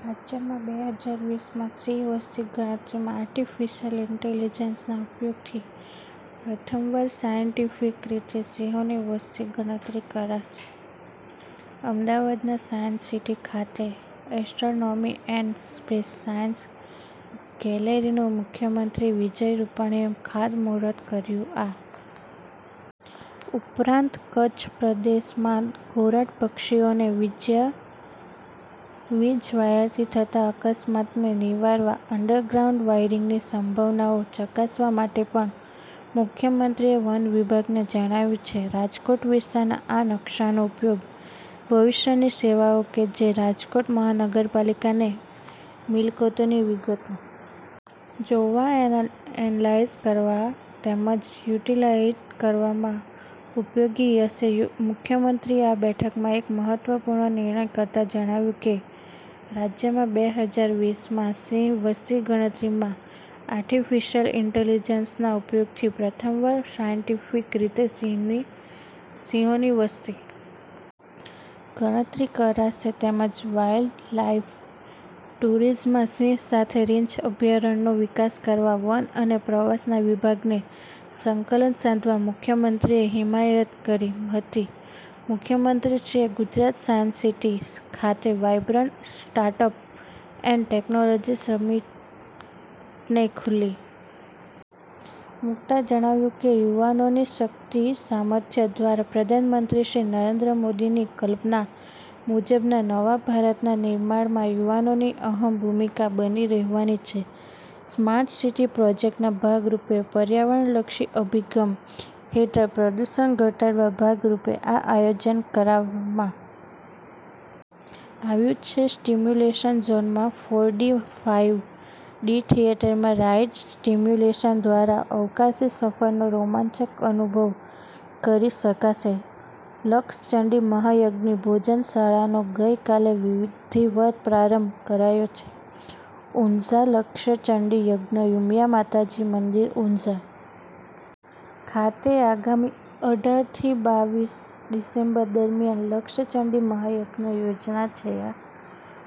રાજ્યમાં બે હજાર વીસ માં સિંહ વસ્તી ગણતરીમાં આર્ટીફીશીયલ ઈન્ટેલીજન્સના ઉપયોગથી પ્રથમવાર સાયન્ટીફિક રીતે સિંહોની વસ્તી ગણતરી કરાશે અમદાવાદના સાયન્સ સીટી ખાતે એસ્ટ્રોનોમી એન્ડ સ્પેસ સાયન્સ ગેલેરીનું મુખ્યમંત્રી વિજય રૂપાણીએ ખાતમુહૂર્ત કર્યું આ ઉપરાંત કચ્છ પ્રદેશમાં ધોરાડ પક્ષીઓને વીજવાયરથી થતા અકસ્માતને નિવારવા અંડર ગ્રાઉન્ડ વાયરીંગની સંભાવનાઓ ચકાસવા માટે પણ મુખ્યમંત્રીએ વનવિભાગને જણાવ્યું છે રાજકોટ વિસ્તારના આ નકશાનો ઉપયોગ ભવિષ્યની સેવાઓ કે જે રાજકોટ મહાનગરપાલિકાને મિલકતોની વિગતો જોવા એનલાઈઝ કરવા તેમજ યુટીલાઈઝ કરવામાં ઉપયોગી થશે મુખ્યમંત્રીએ આ બેઠકમાં એક મહત્વપૂર્ણ નિર્ણય કરતા જણાવ્યું કે રાજ્યમાં બે હજાર વીસ માં સિંહ વસ્તી ગણતરીમાં આર્ટીફીશીયલ ઈન્ટેલીજન્સના ઉપયોગથી પ્રથમવાર સાયન્ટીફિક રીતે સિંહોની વસ્તી ગણતરી કરાશે તેમજ વાઈલ્ડ લાઈફ ટુરિઝમમાં સિંહ સાથે રીંછ અભ્યારણ્યનો વિકાસ કરવા વન અને પ્રવાસન વિભાગને સંકલન સાધવા મુખ્યમંત્રીએ હિમાયત કરી હતી મુખ્યમંત્રીશ્રીએ ગુજરાત સાયન્સ સીટી ખાતે વાયબ્રન્ટ સ્ટાર્ટઅપ એન્ડ ટેકનોલોજી સમિટને ખુલ્લી મુકતા જણાવ્યું કે યુવાનોની શક્તિસામર્થ્ય દ્વારા પ્રધાનમંત્રી શ્રી નરેન્દ્ર મોદીની કલ્પના મુજબના નવા ભારતના નિર્માણમાં યુવાનોની અહમ ભૂમિકા બની રહેવાની છે સ્માર્ટસીટી પ્રોજેક્ટના ભાગરૂપે પર્યાવરણલક્ષી અભિગમ હેઠળ પ્રદૂષણ ધટાડવના ભાગરૂપે આ આયોજન કરાવતા આવ્યું છે સ્ટીમ્યુલેશન ઝોનમાં ફોર ડી ફાઈવ ડી થિયેટરમાં રાઈડ સ્ટીમ્યુલેશન દ્વારા અવકાશી સફરનો રોમાંચક અનુભવ કરી શકાશે લક્ષચંડી મહાયજ્ઞની ભોજનશાળાનો ગઇકાલે વિધિવત પ્રારંભ કરાયો છે ઉંઝા લક્ષચંડી યજ્ઞ ઉમિયા માતાજી મંદિર ઉંઝા ખાતે આગામી અઢાર થી બાવીસ ડિસેમ્બર દરમિયાન લક્ષચંડી મહાયજ્ઞ યોજાનાર છે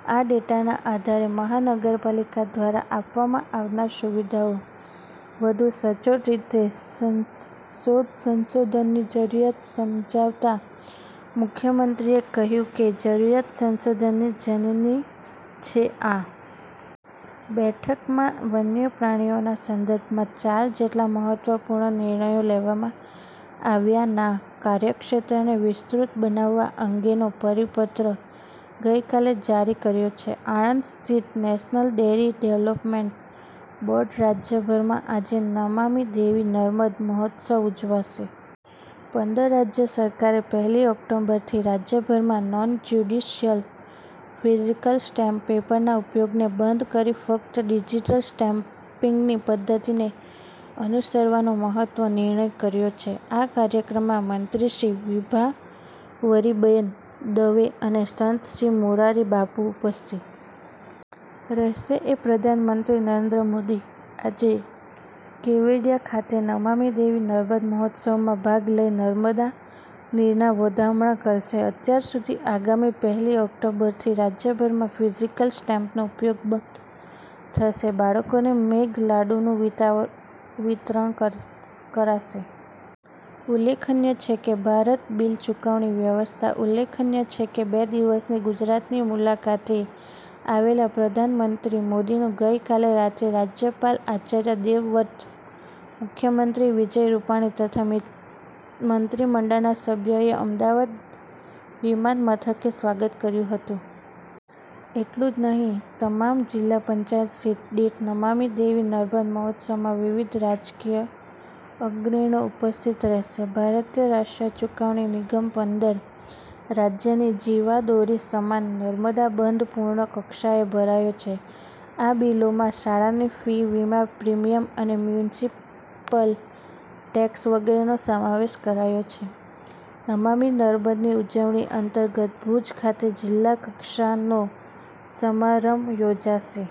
આ ડેટાના આધારે મહાનગરપાલિકા દ્વારા આપવામાં આવનાર સુવિધાઓ વધુ સચોટ રીતે શોધસંશોધનની જરૂરીયાત સમજાવતા મુખ્યમંત્રીએ કહ્યું કે જરૂરિયાત સંશોધનની જનની છે આ બેઠકમાં વન્ય પ્રાણીઓના સંદર્ભમાં ચાર જેટલા મહત્વપૂર્ણ નિર્ણયો લેવામાં આવ્યા ના કાર્યક્ષેત્રને વિસ્તૃત બનાવવા અંગેનો પરિપત્ર ગઇકાલે જારી કર્યો છે આણંદ સ્થિત નેશનલ ડેરી ડેવલપમેન્ટ બોર્ડ રાજ્યભરમાં આજે નમામિ દેવી નર્મદે મહોત્સવ ઉજવાશે પંદર રાજ્ય સરકારે પહેલી ઓક્ટોબરથી રાજ્યભરમાં નોન જ્યુડીશ્યલ ફીઝીકલ સ્ટેમ્પ પેપરના ઉપયોગને બંધ કરી ફક્ત ડિઝીટલ સ્ટેમ્પીંગની પદ્ધતિને અનુસરવાનો મહત્વનો નિર્ણય કર્યો છે આ કાર્યક્રમમાં મંત્રીશ્રી વિભાવરીબેન દવે અને સંતશ્રી મોરારી બાપુ ઉપસ્થિત રહેશે એ પ્રધાનમંત્રી નરેન્દ્ર મોદી આજે કેવડીયા ખાતે નમામિ દેવી નર્મદે મહોત્સવમાં ભાગ લઈ નર્મદા નીરના વધામણા કરશે અત્યાર સુધી આગામી પહેલી ઓક્ટોબરથી રાજ્યભરમાં ફિઝીકલ સ્ટેમ્પનો ઉપયોગ બંધ થશે બાળકોને મેઘલાડુનું વિતા વિતરણ કર કરાશે ઉલ્લેખનીય છે કે ભારત બીલ ચુકવણી વ્યવસ્થા ઉલ્લેખનીય છે કે બે દિવસની ગુજરાતની મુલાકાતે આવેલા પ્રધાનમંત્રી મોદીનું ગઈકાલે રાત્રે રાજયપાલ આચાર્ય દેવવ્રત મુખ્યમંત્રી વિજય રૂપાણી તથા મંત્રીમંડળના સભ્યોએ અમદાવાદ વિમાનમથકે સ્વાગત કર્યું હતું એટલું જ નહી તમામ જિલ્લા પંચાયત સીટ દીઠ નમામિ દેવી નર્મદે મહોત્સવમાં વિવિધ રાજકીય અગ્રણીઓ ઉપસ્થિત રહેશે ભારતીય રાષ્ટ્રીય ચુકવણી નિગમ પંદર રાજયની જીવાદોરી સમાન નર્મદા બંધ પૂર્ણ કક્ષાએ ભરાયો છે આ બીલોમાં શાળાની ફી વીમા પ્રિમીયમ અને મ્યુનીસીપલ ટેક્સ વગેરેનો સમાવેશ કરાયો છે નમામિ નર્મદની ઉજવણી અંતર્ગત ભૂજ ખાતે જિલ્લાકક્ષાનો સમારોહ યોજાશે।